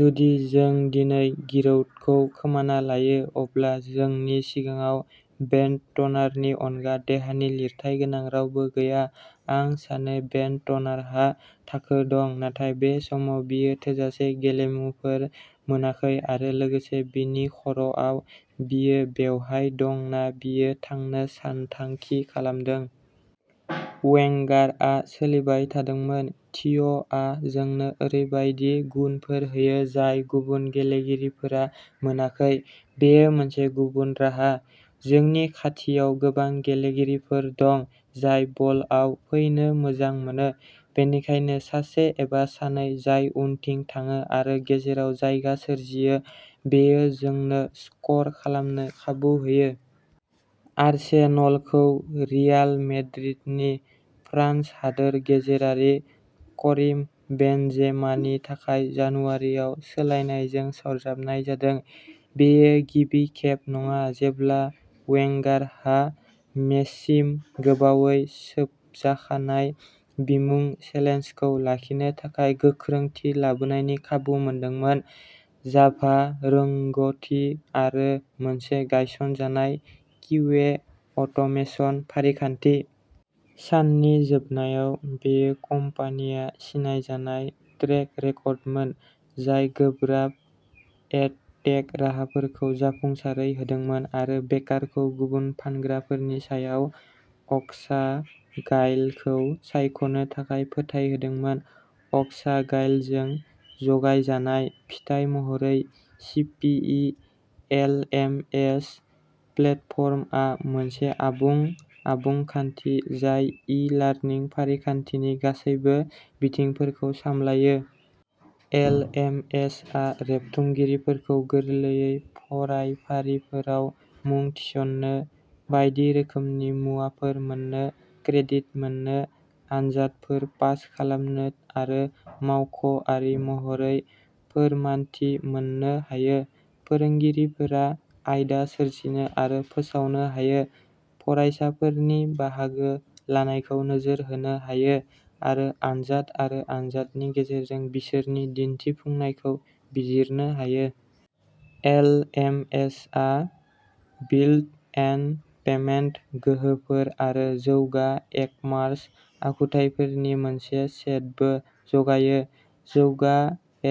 जुदि जों दिनै गिरौदखौ खोमाना लायो, अब्ला जोंनि सिगाङाव बेन्डटनारनि अनगा देहानि लिरथाइ गोनां रावबो गैया।" आं सानो बेन्डटनारहा थाखो दं, नाथाय बे समाव बियो थोजासे गेलेमुफोर मोनाखै-आरो लोगोसे, बिनि खर'आव, बियो बेवहाय दं ना बियो थांनो सानथांखि खालामदों? "वेंगारआ सोलिबाय थादोंमोनः" थिय'आ जोंनो ओरैबायदि गुनफोर होयो जाय गुबुन गेलेगिरिफोरा मोनाखै, बेयो मोनसे गुबुन राहा। "जोंनि खाथियाव गोबां गेलेगिरिफोर दं जाय बलआव फैनो मोजां मोनो, बेनिखायनो सासे एबा सानै जाय उनथिं थाङो आरो गेजेराव जायगा सोरजियो, बेयो जोंनो स्क'र खालामनो खाबु होयो।" आर्सेनलखौ रियाल मेड्रिडनि फ्रान्स हादोर गेजेरारि करिम बेनजेमानि थाखाय जानुवारियाव सोलायनायजों सरजाबनाय जादों। बेयो गिबि खेब नङा जेब्ला वेंगारहा मेसिम गोबावै सोबजाखानाय बिमुं चेलेन्जखौ लाखिनो थाखाय गोख्रोंथि लाबोनायनि खाबु मोनदोंमोन। जाभा रोंग'थि आरो मोनसे गायसनजानाय किउए अट'मेसन फारिखान्थि। साननि जोबनायाव, बेयो कम्पानिया सिनायजानाय ट्रेक रेकर्डमोन, जाय गोब्राब एडटेक राहाफोरखौ जाफुंसारै होदोंमोन आरो बेकारखौ गुबुन फानग्राफोरनि सायाव अक्सागाइलखौ सायख'नो थाखाय फोथायहोदोंमोन। अक्सागाइलजों जगायजानाय, फिथाय महरै सीपीइ एलएमएस प्लेटफर्मआ मोनसे आबुं, आबुं खान्थि, जाय ई-लार्निं फारिखान्थिनि गासैबो बिथिंफोरखौ सामलायो। एलएमएसआ रेबथुमगिरिफोरखौ गोरलैयै फरायफारिफोराव मुं थिसननो, बायदि रोखोमनि मुवाफोर मोन्नो, क्रेडिट मोननो, आनजादफोर पास खालामनो आरो मावख'आरि महरै फोरमानथि मोननो हायो। फोरोंगिरिफोरा आयदा सोरजिनो आरो फोसावनो हायो, फरायसाफोरनि बाहागो लानायखौ नोजोर होनो हायो, आरो आनजाद आरो आनजादनि गेजेरजों बिसोरनि दिन्थिफुंनायखौ बिजिरनो हायो। एलएमएसआ बिल्ट-इन पेमेन्ट गोहोफोर आरो जौगा इकमार्स आखुथायफोरनि मोनसे सेटबो जगायो। जौगा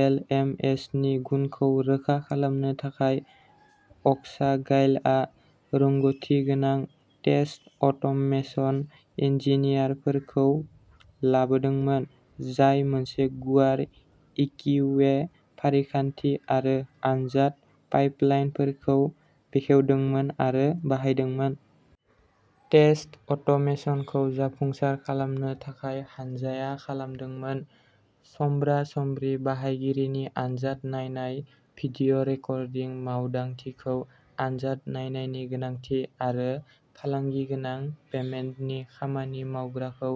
एलएमएसनि गुनखौ रोखा खालामनो थाखाय, अक्सागाइलआ रोंग'थिगोनां टेस्ट अट'मेसन इन्जिनियारफोरखौ लाबोदोंमोन, जाय मोनसे गुवार एकिउए फारिखान्थि आरो आनजाद पाइपलाइनफोरखौ बेखेवदोंमोन आरो बाहायदोंमोन। टेस्ट अट'मेसनखौ जाफुंसार खालामनो थाखाय, हानजाया खालामदोंमोन। समब्रा-समब्रि बाहायगिरिनि आनजाद नायनाय, भिडिअ रेकर्डिं मावदांथिखौ आनजाद नायनायनि गोनांथि, आरो फालांगि-गोनां पेमेन्टनि खामानि-मावग्राखौ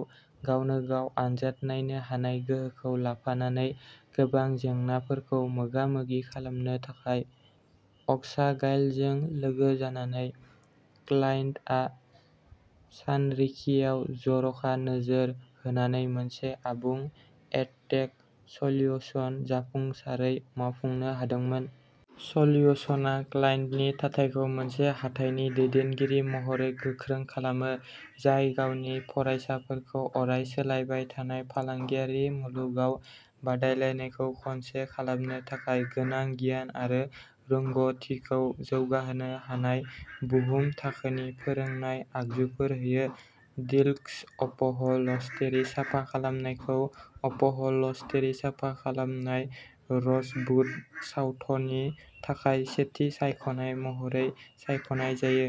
गावनो-गाव आनजाद नायनो हानाय गोहोखौ लाफानानै गोबां जेंनाफोरखौ मोगा-मोगि खालामनो थाखाय। अक्सागाइलजों लोगो जानानै, क्लाइन्टआ सानरिखियाव जर'खा नोजोर होनानै मोनसे आबुं एडटेक सल्युसन जाफुंसारै मावफुंनो हादोंमोन। सल्युशना क्लाइन्टनि थाथायखौ मोनसे हाथाइनि दैदेनगिरि महरै गोख्रों खालामो, जाय गावनि फरायसाफोरखौ अराय-सोलायबाय थानाय फालांगियारि मुलुगाव बादायलायनायखौ खनसे खालामनो थाखाय गोनां गियान आरो रोंग'थिखौ जौगाहोनो हानाय बुहुम-थाखोनि फोरोंनाय आगजुफोर होयो। डिलक्स अपह'लस्टेरि साफा खालामनायखौ अपह'लस्टेरि साफा खालामनाय र'जबुद साउथनि थाखाय सेथि सायख'नाय महरै सायख'नाय जायो।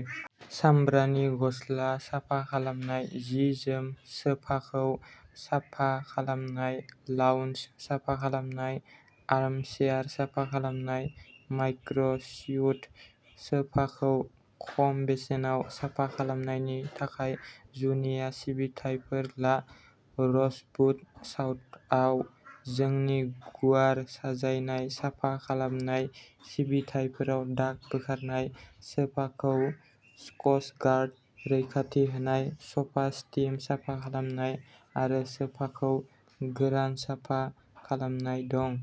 सामब्रानि गस्ला साफा खालामनाय, जि-जोम सोफाखौ साफा खालामनाय, लाउन्ज साफा खालामनाय, आर्मचेयार साफा खालामनाय, माइक्र'स्युड सोफाखौ खम बेसेनाव साफा खालामनायनि थाखाय जुनिया सिबिथाइफोर ला। र'जबुद साउथआव जोंनि गुवार साजायनाय साफा खालामनाय सिबिथाइफोराव दाग बोखारनाय, सोफाखौ स्कचगार्ड रैखाथि होनाय, स'फा स्टीम साफा खालामनाय, आरो सोफाखौ गोरान साफा खालामनाय दं।